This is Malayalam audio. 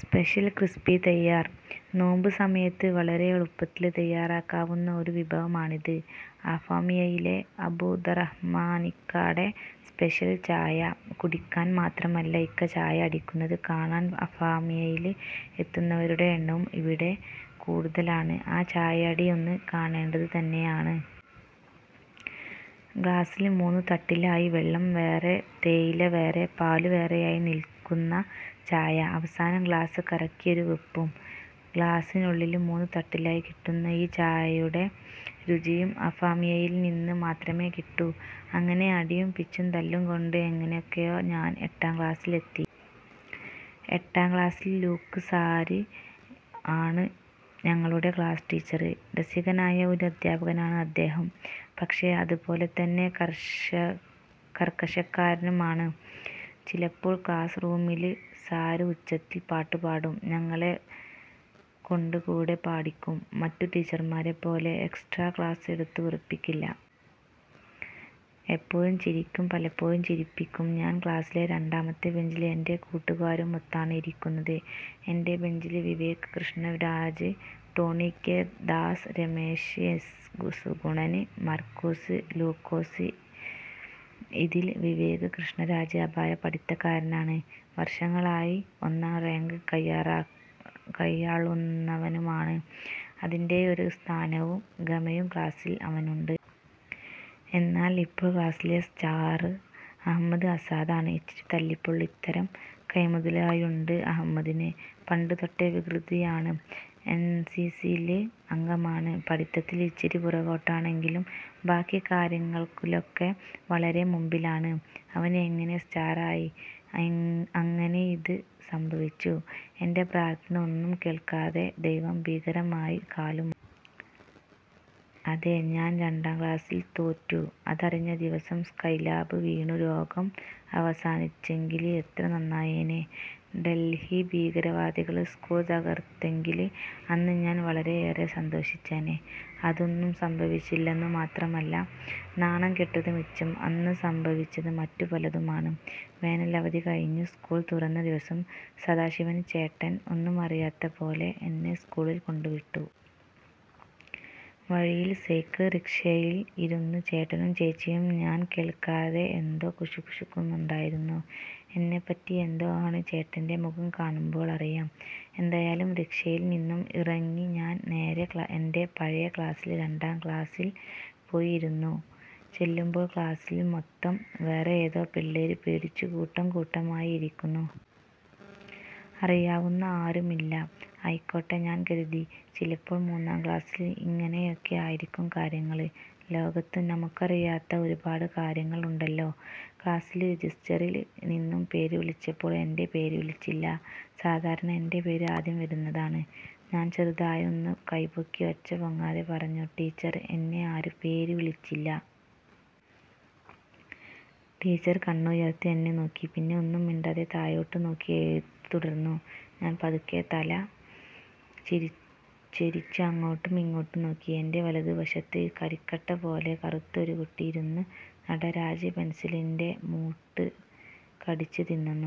സ്പെഷ്യല് ക്രിസ്പി തയ്യാര്. നോമ്പ് സമയത്ത് വളരെ എളുപ്പത്തില് തയ്യാറാക്കാവുന്ന ഒരു വിഭവമാണിത്. അഫാമിയയിലെ അബ്ദുറഹ്മാനിക്കാടെ സ്പെഷ്യല് ചായ അബ്ദു റഹ്മാനിക്കാടെ സ്പെഷ്യല് ചായ കുടിക്കാന് മാത്രമല്ല ഇക്ക ചായ അടിക്കുന്നത് കാണാന് അഫാമിയയില് എത്തുന്നവരുടെ എണ്ണവും ഇവിടെ കൂടുതലാണ്. ആ ചായയടി ഒന്നു കാണേണ്ടതു തന്നെയാണ്. ഗ്ലാസ്സില് മൂന്നു തട്ടിലായി വെള്ളം വേറെ, തേയില വേറെ, പാലു വേറെയായി നില്ക്കുന്ന ചായ. അവസാനം ഗ്ലാസ് കറക്കിയൊരു വെപ്പും. ഗ്ലാസിനുള്ളില് മൂന്നുതട്ടിലായി കിട്ടുന്ന ഈ ചായയുടെ രുചിയും അഫാമിയയില് നിന്നു മാത്രമേ കിട്ടൂ. അങ്ങനെ അടിയും പിച്ചും തല്ലും കൊണ്ട് എങ്ങനെയൊക്കെയോ ഞാന് എട്ടാം ക്ലാസ്സില് എത്തി. എട്ടാം ക്ലാസ്സില് ലൂക്ക് സാര് ആണ് ഞങ്ങളുടെ ക്ലാസ് ടീച്ചര്. രസികനായ ഒരു അധ്യാപകനാണ് അദ്ദേഹം. പക്ഷെ അതുപോലെ തന്നെ കര്ക്കശക്കാരനും ആണ്. ചിലപ്പോള് ക്ലാസ് റൂമില് സാര് ഉച്ചത്തില് പാട്ട് പാടും, ഞങ്ങളെ കൊണ്ട് കൂടെ പാടിക്കും. മറ്റു ടീച്ചര്മാരെ പോലെ എക്സ്ട്രാ ക്ലാസ് എടുത്ത് വെറുപ്പിക്കില്ല. എപ്പോഴും ചിരിക്കും. പലപ്പോഴും ചിരിപ്പിക്കും. ഞാന് ക്ലാസ്സില് രണ്ടാമത്തെ ബെഞ്ചില് എന്റെ കൂട്ടുകാരുമൊത്താണ് ഇരിക്കുന്നത്. എന്റെ ബെഞ്ചില് Vivek Krishnaraj, Tony K. Das, Ramesh S. Sugunan, Markose Lukose. ഇതില് വിവേക് കൃഷ്ണരാജ് അപാര പഠിത്തക്കാരനാണ്. വര്ഷങ്ങളായി ഒന്നാം റാങ്ക് കയ്യാള്ളുന്നവനുമാണ്. അതിന്റെയൊരു സ്ഥാനവും ഗമയും ക്ലാസ്സില് അവനുണ്ട്. എന്നാല് ഇപ്പോള് ക്ലാസ്സിലെ സ്റ്റാര് അഹമ്മദ് ആസാദ് ആണ്. ഇച്ചിരി തല്ലിപൊളിത്തരം കൈമുതലായുണ്ട് അഹമ്മദിന്. പണ്ട് തൊട്ടേ വികൃതിയാണ്. എന്സിസിയില് അംഗമാണ്. പഠിത്തത്തില് ഇച്ചിരി പുറകോട്ടാണ് എങ്കിലും ബാക്കി കാര്യങ്ങളിലൊക്കെ വളരെ മുമ്പിലാണ്. അവന് എങ്ങനെ സ്റ്റാര് ആയി. അങ്ങനെ അത് സംഭവിച്ചു. എന്റെ പ്രാര്ത്ഥന ഒന്നും കേള്ക്കാതെ ദൈവം ഭീകരമായി കാലുമാറി. അതെ. ഞാന് രണ്ടാം ക്ലാസ്സില് തോറ്റു. അതറിഞ്ഞ ദിവസം സ്കൈലാബ് വീണു ലോകം അവസാനിച്ചെങ്കില് എത്ര നന്നായേനെ. ഡല്ഹി ഭീകരവാദികള് സ്കൂള് തകര്ത്തെങ്കില് അന്ന് ഞാന് വളരെയേറെ സന്തോഷിച്ചേനെ. അതൊന്നും സംഭവിച്ചില്ലെന്നു മാത്രമല്ല നാണംകെട്ടത് മിച്ചം. അന്നു സംഭവിച്ചത് മറ്റു പലതുമാണ്. വേനല് അവധി കഴിഞ്ഞു സ്കൂള് തുറന്ന ദിവസം സദാശിവന് ചേട്ടന് ഒന്നുമറിയാത്ത പോലെ എന്നെ സ്കൂളില് കൊണ്ട് വിട്ടു. വഴിയില് സൈക്കിള് റിക്ഷയില് ഇരുന്നു ചേട്ടനും ചേച്ചിയും ഞാന് കേള്ക്കാതെ എന്തോ കുശുകുശുക്കുന്നുണ്ടായിരുന്നു. എന്നെപ്പറ്റി എന്തോ ആണ്. ചേട്ടന്റെ മുഖം കാണുമ്പോള് അറിയാം. എന്തായാലും റിക്ഷയില് നിന്നും ഇറങ്ങി ഞാന് നേരെ എന്റെ പഴയ ക്ലാസ്സില് രണ്ടാം ക്ലാസ്സില് പോയി ഇരുന്നു. ചെല്ലുമ്പോള് ക്ലാസ്സില് മൊത്തം വേറെ ഏതോ പിള്ളേര് പേടിച്ചു കൂട്ടം കൂട്ടമായി ഇരിക്കുന്നു. അറിയാവുന്ന ആരും ഇല്ല. ആയിക്കോട്ടെ, ഞാന് കരുതി. ചിലപ്പോള് മൂന്നാം ക്ലാസ്സില് ഇങ്ങനെയൊക്കെ ആയിരിക്കും കാര്യങ്ങള്. ലോകത്ത് നമ്മുക്കറിയാത്ത ഒരുപാടു കാര്യങ്ങള് ഉണ്ടല്ലോ. ക്ലാസ്സില് രെജിസ്റ്ററില് നിന്നും പേര് വിളിച്ചപ്പോള് എന്റെ പേര് വിളിച്ചില്ല. സാധാരണ എന്റെ പേര് ആദ്യം വരുന്നതാണ്. ഞാന് ചെറുതായൊന്നു കൈ പൊക്കി ഒച്ച പൊങ്ങാതെ പറഞ്ഞു,'ടീച്ചര് എന്റെ പേരു വിളിച്ചില്ല. ' ടീച്ചര് കണ്ണുയര്ത്തി എന്നെ നോക്കി. പിന്നെ ഒന്നും മിണ്ടാതെ താഴോട്ടു നോക്കി എഴുത്ത് തുടര്ന്നു. ഞാന് പതുക്കെ തല ചരിച്ചു അങ്ങോട്ടും ഇങ്ങോട്ടും നോക്കി. എന്റെ വലതു വശത്ത് കരിക്കട്ട പോലെ കറുത്ത ഒരു കുട്ടി ഇരുന്നു നടരാജ് പെന്സിലിന്റെ മൂട് കടിച്ചു തിന്നുന്നു.